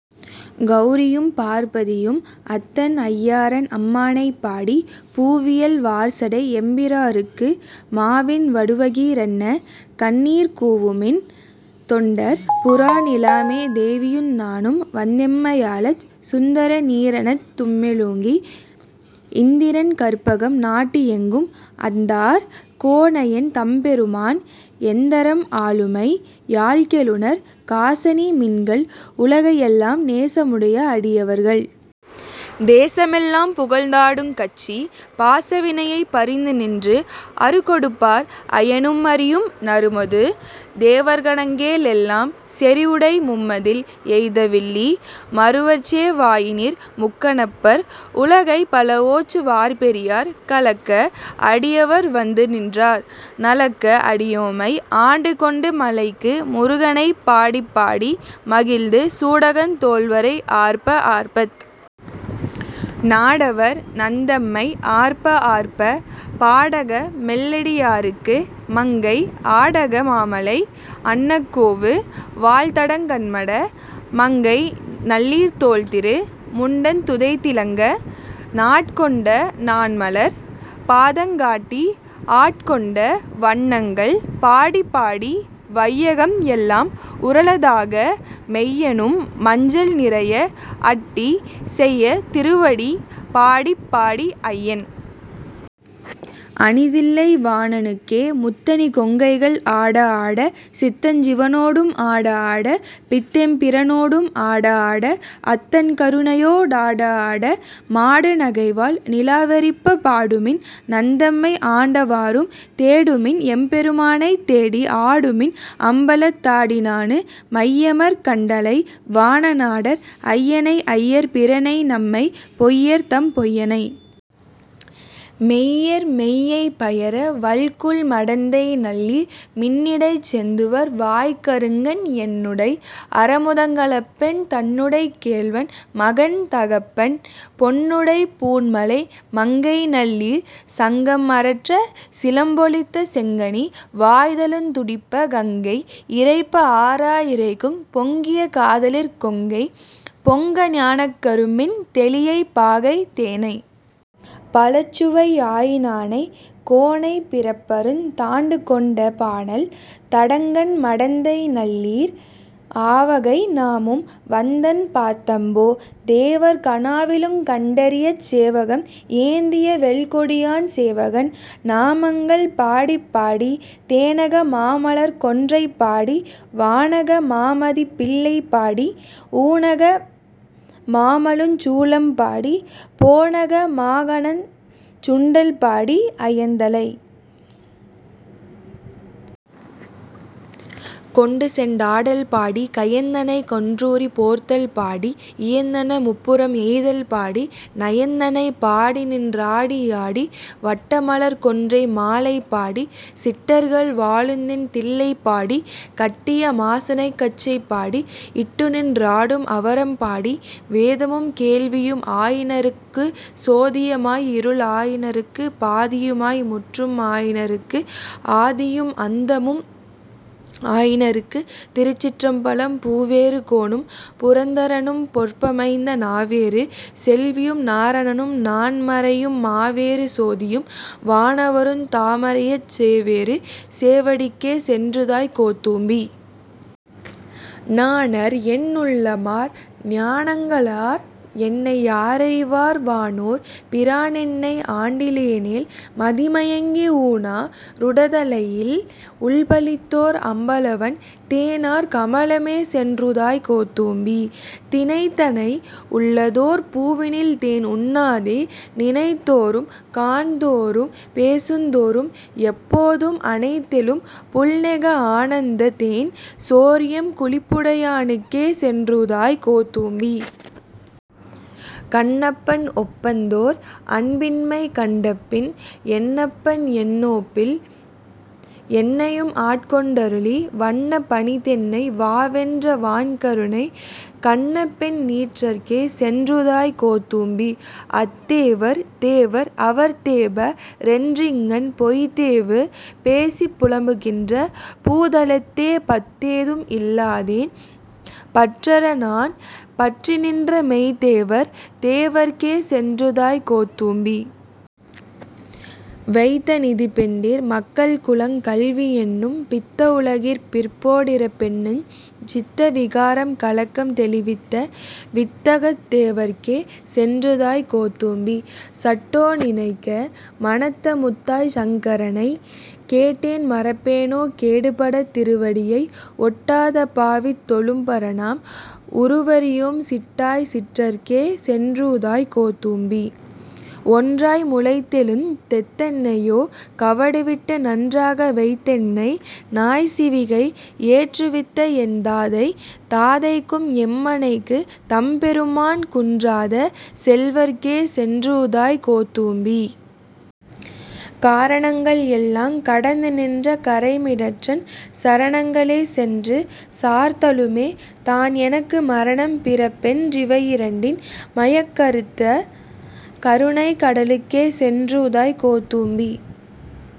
கௌரியும் பார்ப்பதியும் அத்தன் ஐயாறன்அம்மானைபாடி பூவியல் வார்சடை எம்பிராற்குப் மாவின் வடுவகி ரன்ன கண்ணீர் கூவுமின் தொண்டர் புறநிலாமே தேவியுந் தானும்வந்தெம்மையாளச் சுந்தர நீறணந் தும்மெழுகித் இந்திரன் கற்பகம் நாட்டியெங்கும் அந்தார் கோன்அயன் தன்பெருமான் எந்தரம் ஆளுமை யாள்கொழுநற் காசணி மின்கள் உலக்கையெல்லாம் நேசமுடைய அடியவர்கள் தேசமெல்லாம் புகழ்ந் தாடுங் கச்சித் பாசவினையைப் பறிந்துநின்று அறுகொடுப்பார் அயனும்அரியும் நறுமுது தேவர்கணங்கெளெல்லாம் செறிவுடை மும்மதில் எய்தவில்லி முறுவற்செவ் வாயினீர் முக்கணப்பற் உலக்கை பலஒச்சு வார்பெரியர் கலக்க அடியவர் வந்துநின்றார் நலக்க அடியோமை ஆண்டுகொண்டு மலைக்கு முருகனைப் பாடிப்பாடி மகிழந்து சூடகந் தோள்வரை ஆர்ப்ப ஆர்ப்பத் நாடவர் நந்தம்மை ஆர்ப்ப ஆர்ப்ப பாடக மெல்லடி யார்க்கு மங்கை ஆடக மாமலை அன்னகோவுக் வாள்தடங்கண்மட மங்கைநல்லீர் தோள்திரு முண்டந் துதைந்திலங்கச் நாட்கோண்ட நாண்மலர்ந் பாதங்காட்டி ஆட்கொண்ட வண்ணங்கள் பாடிப்பாடி வையகம் எல்லாம் உரலதாக மெய்யனும் மஞ்சள் நிறைய அட்டி செய்ய திருவடி பாடிப்பாடிச் ஐயன் அணிதில்லை வாணனுக்கே முத்தணி கொங்கைகள் ஆடஆட சித்தஞ் சிவனொடும் ஆடஆடச் பித்தெம் பிரானொடும் ஆடஆடப் அத்தன் கருணையொ டாடஆட மாடு நகைவாள் நிலாவெறிப்ப பாடுமின் நந்தம்மை ஆண்டவாறும் தேடுமின் எம்பெருமானைத்தேடி ஆடுமின் அம்பலத் தாடினானுக் மையமர் கண்டனை வானநாடர் ஐயனை ஐயர்பிரானைநம்மை பொய்யர் தம் பொய்யனை மெய்யர் மெய்யைப் பையர வல்குல் மடந்தைநல்லீர் மின்னிடைச் செந்துவர் வாய்க்கருங்கண் என்னுடை ஆரமுதெங்களப்பன் தன்னுடைக் கேள்வன் மகன்தகப்பன் பொன்னுடைப் பூண்மலை மங்கைநல்லீர் சங்கம் அரற்றச் சிலம்பொலிப்பத் செங்கனி வாயிதழுந்துடிப்பச் கங்கை இரைப்ப அராஇரைக்குங் பொங்கிய காதலிற் கொங்கை பொங்கப் ஞானக் கரும்பின் தெளியைப் பாகை தேனைப் பழச்சுவை ஆயினானைச் கோனைப் பிறப்பறுத் தாண்டுகொண்ட பானல் தடங்கண் மடந்தைநல்லீர் ஆவகை நாமும் வந்தன்பர்தம்போ தேவர் கனாவிலுங் கண்டறியாச் சேவகம் ஏந்திய வெல்கொடியான் சேவகன் நாமங்கள் பாடிப்பாடிச் தேனக மாமலர்க் கொன்றைபாடிச் வானக மாமதிப் பிள்ளைபாடி ஊனக மாமழுச் சூலம்பாடி போனக மாகநஞ் சுண்டல்பாடிப் அயன்தலை கொண்டுசெண்டாடல்பாடி கயந்தனைக் கொன்றுரி போர்த்தல் பாடிக் இயைந்தன முப்புரம் எய்தல் பாடி நயந்தனைப் பாடிநின் றாடியாடி வட்டமலர்க்கொன்றை மாலைபாடி சிட்டர்கள் வாழுந்தென் தில்லைபாடிச் கட்டிய மாசுணக்கச்சைப் பாடிக் இட்டுநின் றாடும் அரவம்பாடி வேதமும் வேள்வியும் ஆயினார்க்கு சோதிய மாய் இருள் ஆயினார்க்குத் பாதியு மாய் முற்றும் ஆயினார்க்குப் ஆதியும் அந்தமும் ஆயினார்க்கு திருச்சிற்றம்பலம் பூவேறு கோனும் புரந்தரனும் பொற்பமைந்த நாவேறு செல்வியும் நாரணணும் நான் மறையும் மாவேறு சோதியும் வானவருந் தாமறியாச் சேவேறு சேவடிக்கே சென்றுதாய் கோத்தும்பீ. நானார் என் உள்ளமார் ஞானங்க ளார் என்னை யாரறிவார் வானோர் பிரானென்னை ஆண்டிலனேல் மதிமயங்கி ஊனா ருடைதலையில் உண்பலிதோர் அம்பலவன் தேனார் கமலமே சென்றூதாய் கோத்தும்பீ. தினைத்தனை உள்ளதோர் பூவினில் தேன்உண்ணாதே நினைத்தொறும் காண்தொறும் பேசுந்தொறும் எப்போதும் அனைத்தெலும் புள்நெக ஆனந்தத் தேன் சொரியும் குனிப்புடையானுக்கே சென்றூதாய் கோத்தும்பீ. கண்ணப்பன் ஒப்பதோர் அன்பின்மை கண்டபின் என்னப்பன் என்னொப்பில் என்னையும் ஆட்கொண்டருளி வண்ணப் பணித்தென்னை வாவென்ற வான் கருணைச் கண்ணப்பென் நீற்றற்கே சென்றூதாய் கோத்தும்பீ. அத்தேவர் தேவர் அவர்தேவ ரென்றிங்ஙன் பொய்த்தேவு பேசிப் புலம்புகின்ற பூதலத்தே பத்தேதும் இல்லாதென் பற்றறநான் பற்றிநின்ற மெய்த்தேவர் தேவற்கே சென்றூதாய் கோத்தும்பீ. வைத்த நிதிபெண்டிர் மக்கள்குலங் கல்வியென்னும் பித்த உலகிற் பிறப்போ டிறப்பென்னுஞ் சித்த விகாரக் கலக்கம் தெளிவித்த வித்தகத் தேவற்கே சென்றூதாய் கோத்தும்பீ. சட்டோ நினைக்க மனத்தமுதாஞ் சங்கரனைக் கெட்டேன் மறப்பேனோ கேடுபடாத் திருவடியை ஒட்டாத பாவித் தொழும்பரைநாம் உருவறியோம் சிட்டாய சிட்டற்கே சென்றூதாய் கோத்தும்பீ. ஒன்றாய் முளைத்தெழுந் தெத்தனையோ கவடுவிட்டு நன்றாக வைத்தென்னை நாய்சிவிகை ஏற்றுவித்த என்தாதை தாதைக்கும் எம்மனைக்குந் தம்பெருமான் குன்றாத செல்வற்கே சென்றூதாய் கோத்தும்பீ. காராணங்கள் எல்லாங் கடந்துநின்ற கறைமிடற்றன் சரணங்க ளேசென்று சார்தலுமே தான்எனக்கு மரணம் பிறப்பென் றிவையிரண்டின் மயக்கறுத்த கருணைக் கடலுக்கே சென்றூதாய் கோத்தும்பீ.